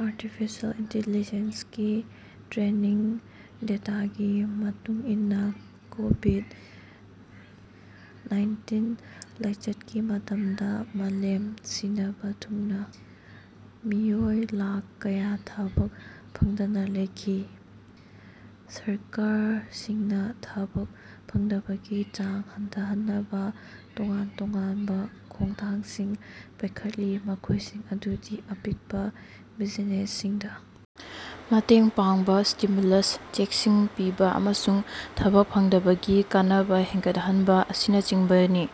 Artificial intelligence ꯀꯤ training ꯗꯦꯇꯥꯒꯤ ꯃꯇꯨꯡ ꯏꯟꯅ ꯀꯣꯕꯤꯗ ꯅꯥꯏꯟꯇꯤꯟ ꯂꯥꯏꯆꯠꯀꯤ ꯃꯇꯝꯗ ꯃꯥꯂꯦꯝ ꯁꯤꯅꯕꯥ ꯊꯨꯡꯅꯥ ꯃꯤꯑꯣꯏ ꯂꯥꯈ ꯀꯌꯥ ꯊꯕꯛ ꯐꯪꯗꯅ ꯂꯩꯈꯤ꯫ ꯁꯔꯀꯥꯔꯁꯤꯡꯅ ꯊꯕꯛ ꯐꯪꯗꯕꯒꯤ ꯆꯥꯡ ꯍꯟꯊꯍꯟꯅꯕ ꯇꯣꯉꯥꯟ ꯇꯣꯉꯥꯟꯕ ꯈꯣꯡꯊꯥꯡꯁꯤꯡ ꯄꯥꯏꯈꯠꯂꯤ, ꯃꯈꯣꯏꯁꯤꯡ ꯑꯗꯨꯗꯤ ꯑꯄꯤꯛꯄ ꯕꯤꯖꯤꯅꯦꯁꯁꯤꯡꯗ ꯃꯇꯦꯡ ꯄꯥꯡꯕ, ꯁ꯭ꯇꯤꯃ꯭ꯌꯨꯂꯁ ꯆꯦꯛꯁꯤꯡ ꯄꯤꯕ, ꯑꯃꯁꯨꯡ ꯊꯕꯛ ꯐꯪꯗꯕꯒꯤ ꯀꯥꯟꯅꯕ ꯍꯦꯟꯒꯠꯍꯟꯕ ꯑꯁꯤꯅꯆꯤꯡꯕꯅꯤ꯫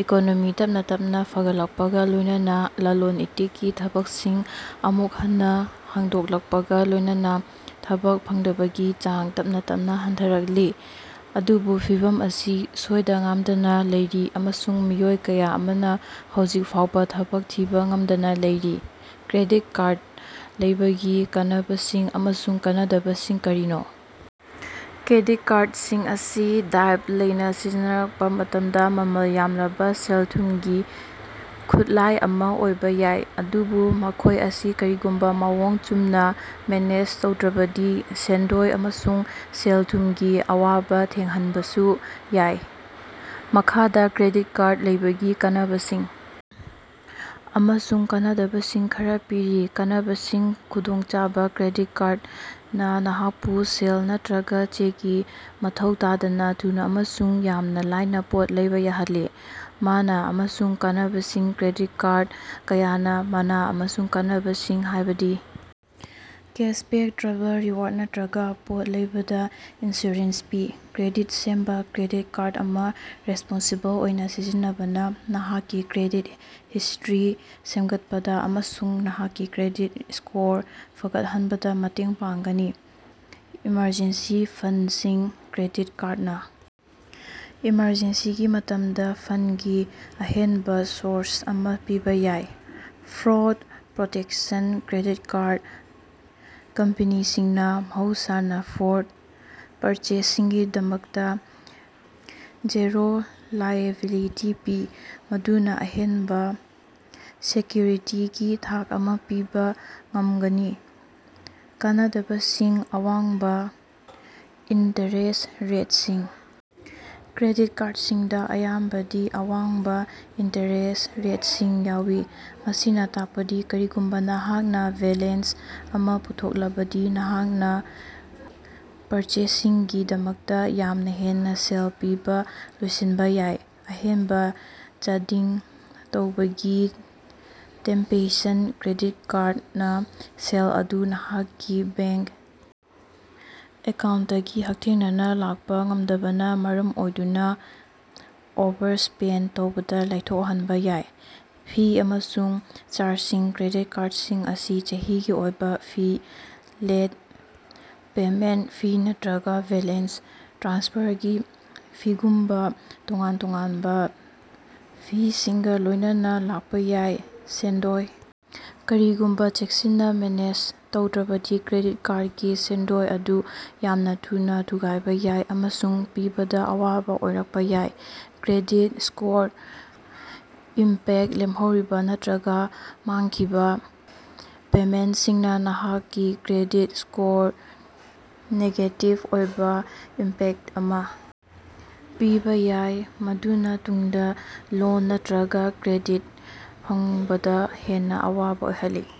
ꯏꯀꯣꯅꯣꯃꯤ ꯇꯞꯅꯥ ꯇꯞꯅꯥ ꯐꯒꯠꯂꯛꯄꯒ ꯂꯣꯏꯅꯅꯥ ꯂꯂꯣꯟ-ꯏꯇꯤꯛꯀꯤ ꯊꯕꯛꯁꯤꯡ ꯑꯃꯨꯛ ꯍꯟꯅ ꯍꯥꯡꯗꯣꯛꯂꯛꯄꯒ ꯂꯣꯏꯅꯅꯥ ꯊꯕꯛ ꯐꯪꯗꯕꯒꯤ ꯆꯥꯡ ꯇꯞꯅꯥ ꯇꯞꯅꯥ ꯍꯟꯊꯔꯛꯂꯤ, ꯑꯗꯨꯕꯨ ꯐꯤꯚꯝ ꯑꯁꯤ ꯁꯣꯏꯗ-ꯉꯥꯝꯗꯅꯥ ꯂꯩꯔꯤ ꯑꯃꯁꯨꯡ ꯃꯤꯑꯣꯏ ꯀꯌꯥ ꯑꯃꯅ ꯍꯧꯖꯤꯛ ꯐꯥꯎꯕ ꯊꯕꯛ ꯊꯤꯕ ꯉꯝꯗꯅ ꯂꯩꯔꯤ꯫ ꯀ꯭ꯔꯦꯗꯤꯠ ꯀꯥꯔꯗ ꯂꯩꯕꯒꯤ ꯀꯥꯟꯅꯕꯁꯤꯡ ꯑꯃꯁꯨꯡ ꯀꯥꯟꯅꯗꯕꯁꯤꯡ ꯀꯔꯤꯅꯣ? ꯀ꯭ꯔꯦꯗꯤꯠ ꯀꯥꯔꯗꯁꯤꯡ ꯑꯁꯤ ꯗꯥꯏꯠꯕ ꯂꯩꯅ ꯁꯤꯖꯤꯟꯅꯔꯛꯄ ꯃꯇꯝꯗ ꯃꯃꯜ ꯌꯥꯝꯂꯕ ꯁꯦꯜ-ꯊꯨꯝꯒꯤ ꯈꯨꯠꯂꯥꯏ ꯑꯃ ꯑꯣꯏꯕ ꯌꯥꯏ, ꯑꯗꯨꯕꯨ ꯃꯈꯣꯏ ꯑꯁꯤ ꯀꯔꯤꯒꯨꯝꯕ ꯃꯑꯣꯡ ꯆꯨꯝꯅ ꯃꯦꯅꯦꯖ ꯇꯧꯗ꯭ꯔꯕꯗꯤ ꯁꯦꯟꯗꯣꯏ ꯑꯃꯁꯨꯡ ꯁꯦꯜ-ꯊꯨꯝꯒꯤ ꯑꯋꯥꯕ ꯊꯣꯛꯍꯟꯕꯁꯨ ꯌꯥꯏ꯫ ꯃꯈꯥꯗ ꯀ꯭ꯔꯦꯗꯤꯠ ꯀꯥꯔꯗ ꯂꯩꯕꯒꯤ ꯀꯥꯟꯅꯕꯁꯤꯡ ꯑꯃꯁꯨꯡ ꯀꯥꯟꯅꯗꯕꯁꯤꯡ ꯈꯔꯥ ꯄꯤꯔꯤ - ꯀꯥꯟꯅꯕꯁꯤꯡ ꯈꯨꯗꯣꯡꯆꯥꯕ - ꯀ꯭ꯔꯦꯗꯤꯠ ꯀꯥꯔꯗꯅꯥ ꯅꯍꯥꯛꯄꯨ ꯁꯦꯜ ꯅꯠꯇꯔꯒ ꯆꯦꯒꯤ ꯃꯊꯧ ꯇꯥꯗꯅꯥ ꯊꯨꯅ ꯑꯃꯁꯨꯡ ꯌꯥꯝꯅ ꯂꯥꯏꯅꯥ ꯄꯣꯠ ꯂꯩꯕ ꯌꯥꯍꯜꯂꯤ꯫ ꯃꯅꯥ ꯑꯃꯁꯨꯡ ꯀꯥꯟꯅꯕꯁꯤꯡ -ꯀ꯭ꯔꯦꯗꯤꯠ ꯀꯥꯔꯗ ꯀꯌꯥꯅ ꯃꯅꯥ ꯑꯃꯁꯨꯡ ꯀꯥꯟꯅꯕꯁꯤꯡ ꯍꯥꯏꯕꯗꯤ ꯀꯦꯁꯕꯦꯛ, ꯇ꯭ꯔꯥꯚꯦꯜ ꯔꯤꯋꯥꯔꯗ, ꯅꯠꯇꯔꯒ ꯄꯣꯠ ꯂꯩꯕꯗ ꯏꯟꯁꯨꯔꯦꯟꯁ ꯄꯤ꯫ ꯀ꯭ꯔꯦꯗꯤꯠ ꯁꯦꯝꯕ - ꯀ꯭ꯔꯦꯗꯤꯠ ꯀꯥꯔꯗ ꯑꯃ ꯔꯦꯁꯄꯣꯟꯁꯤꯕꯜ ꯑꯣꯏꯅ ꯁꯤꯖꯤꯟꯅꯕꯅꯥ ꯅꯍꯥꯛꯀꯤ ꯀ꯭ꯔꯦꯗꯤꯠ ꯍꯤꯁꯇꯔꯤ ꯁꯦꯝꯒꯠꯄꯗ ꯑꯃꯁꯨꯡ ꯅꯍꯥꯛꯀꯤ ꯀ꯭ꯔꯦꯗꯤꯠ ꯁ꯭ꯀꯣꯔ ꯐꯒꯠꯍꯟꯕꯗ ꯃꯇꯦꯡ ꯄꯥꯡꯒꯅꯤ꯫ ꯏꯃꯔꯖꯦꯟꯁꯤ ꯐꯟꯗꯁꯤꯡ - ꯀ꯭ꯔꯦꯗꯤꯠ ꯀꯥꯔꯗꯅꯥ ꯑꯦꯃꯔꯖꯦꯟꯁꯤꯒꯤ ꯃꯇꯝꯗ ꯐꯟꯗꯒꯤ ꯑꯍꯦꯟꯕ ꯁꯣꯔꯁ ꯑꯃ ꯄꯤꯕ ꯌꯥꯏ꯫ ꯐ꯭ꯔꯣꯗ ꯄ꯭ꯔꯣꯇꯦꯛꯁꯟ - ꯀ꯭ꯔꯦꯗꯤꯠ ꯀꯥꯔꯗ ꯀꯝꯄꯅꯤꯁꯤꯡꯅ ꯃꯍꯧꯁꯥꯅ ꯐ꯭ꯔꯣꯗ ꯄꯔꯆꯦꯖꯁꯤꯡꯒꯤꯗꯃꯛꯇ ꯖꯤꯔꯣ ꯂꯥꯏꯑꯦꯕꯤꯂꯤꯇꯤ ꯄꯤ, ꯃꯗꯨꯅ ꯑꯍꯦꯟꯕ ꯁꯦꯀ꯭ꯌꯨꯔꯤꯇꯤꯒꯤ ꯊꯥꯛ ꯑꯃ ꯄꯤꯕ ꯉꯝꯒꯅꯤ꯫ ꯀꯥꯟꯅꯗꯕꯁꯤꯡ - ꯑꯋꯥꯡꯕ ꯏꯟꯇꯔꯦꯁ꯭ꯠ ꯔꯦꯠꯁꯤꯡ - ꯀ꯭ꯔꯦꯗꯤꯠ ꯀꯥꯔꯗꯁꯤꯡꯗ ꯑꯌꯥꯝꯕꯗꯤ ꯑꯋꯥꯡꯕ ꯏꯟꯇꯔꯦꯁ꯭ꯠ ꯔꯦꯠꯁꯤꯡ ꯌꯥꯎꯏ, ꯃꯁꯤꯅ ꯇꯥꯛꯄꯗꯤ ꯀꯔꯤꯒꯨꯝꯕ ꯅꯍꯥꯛꯅ ꯕꯦꯂꯦꯟꯁ ꯑꯃ ꯄꯨꯊꯣꯛꯂꯕꯗꯤ ꯅꯍꯥꯛꯅ ꯄꯔꯆꯦꯖꯁꯤꯡꯒꯤꯗꯃꯛꯇ ꯌꯥꯝꯅ ꯍꯦꯟꯅ ꯁꯦꯜ ꯄꯤꯕ ꯂꯣꯏꯁꯤꯟꯕ ꯌꯥꯏ꯫ ꯑꯍꯦꯟꯕ ꯆꯥꯗꯤꯡ ꯇꯧꯕꯒꯤ ꯇꯦꯝꯄꯦꯁꯟ - ꯀ꯭ꯔꯦꯗꯤꯠ ꯀꯥꯔꯗꯅꯥ ꯁꯦꯜ ꯑꯗꯨ ꯅꯍꯥꯛꯀꯤ ꯕꯦ꯭ꯡꯀ ꯑꯦꯀꯥꯎ꯭ꯟꯠꯇꯒꯤ ꯍꯛꯊꯦꯡꯅꯅꯥ ꯂꯥꯛꯄ ꯉꯝꯗꯕꯅꯥ ꯃꯔꯝ ꯑꯣꯏꯗꯨꯅ ꯑꯣꯚꯔꯁ꯭ꯄꯦꯟꯗ ꯇꯧꯕꯗ ꯂꯥꯏꯊꯣꯛꯍꯟꯕ ꯌꯥꯏ꯫ ꯐꯤ ꯑꯃꯁꯨꯡ ꯆꯥꯔꯖꯁꯤꯡ - ꯀ꯭ꯔꯦꯗꯤꯠ ꯀꯥꯔꯗꯁꯤꯡ ꯑꯁꯤ ꯆꯍꯤꯒꯤ ꯑꯣꯏꯕ ꯐꯤ, ꯂꯦꯠ ꯄꯦꯃꯦꯟꯇ ꯐꯤ ꯅꯠꯇꯔꯒ ꯕꯦꯂꯦꯟꯁ ꯇ꯭ꯔꯥꯟꯁꯐꯔꯒꯤ ꯐꯤꯒꯨꯝꯕ ꯇꯣꯉꯥꯟ-ꯇꯣꯉꯥꯟꯕ ꯐꯤꯁꯤꯡꯒ ꯂꯣꯏꯅꯅꯥ ꯂꯥꯛꯄ ꯌꯥꯏ꯫ ꯁꯦꯟꯗꯣꯏ - ꯀꯔꯤꯒꯨꯝꯕ ꯆꯦꯛꯁꯤꯟꯅ ꯃꯦꯅꯦꯖ ꯇꯧꯗ꯭ꯔꯕꯗꯤ, ꯀ꯭ꯔꯦꯗꯤꯠ ꯀꯥꯔꯗꯀꯤ ꯁꯦꯟꯗꯣꯏ ꯑꯗꯨ ꯌꯥꯝꯅ ꯊꯨꯅ ꯊꯨꯒꯥꯏꯕ ꯌꯥꯏ ꯑꯃꯁꯨꯡ ꯄꯤꯕꯗ ꯑꯋꯥꯕ ꯑꯣꯏꯔꯛꯄ ꯌꯥꯏ꯫ ꯀ꯭ꯔꯦꯗꯤꯠ ꯁ꯭ꯀꯣꯔꯗꯥ ꯏꯝꯄꯦꯛꯇ - ꯂꯦꯝꯍꯧꯔꯤꯕ ꯅꯠꯇꯔꯒ ꯃꯥꯡꯈꯤꯕ ꯄꯦꯃꯦꯟꯇꯁꯤꯡꯅ ꯅꯍꯥꯛꯀꯤ ꯀ꯭ꯔꯦꯗꯤꯠ ꯁ꯭ꯀꯣꯔꯗꯥ ꯅꯦꯒꯦꯇꯤꯚ ꯑꯣꯏꯕ ꯏꯝꯄꯦꯛꯇ ꯑꯃ ꯄꯤꯕ ꯌꯥꯏ, ꯃꯗꯨꯅ ꯇꯨꯡꯗ ꯂꯣꯟ ꯅꯠꯇꯔꯒ ꯀ꯭ꯔꯦꯗꯤꯠ ꯐꯪꯕꯗꯥ ꯍꯦꯟꯅ ꯑꯋꯥꯕ ꯑꯣꯏꯍꯜꯂꯤ꯫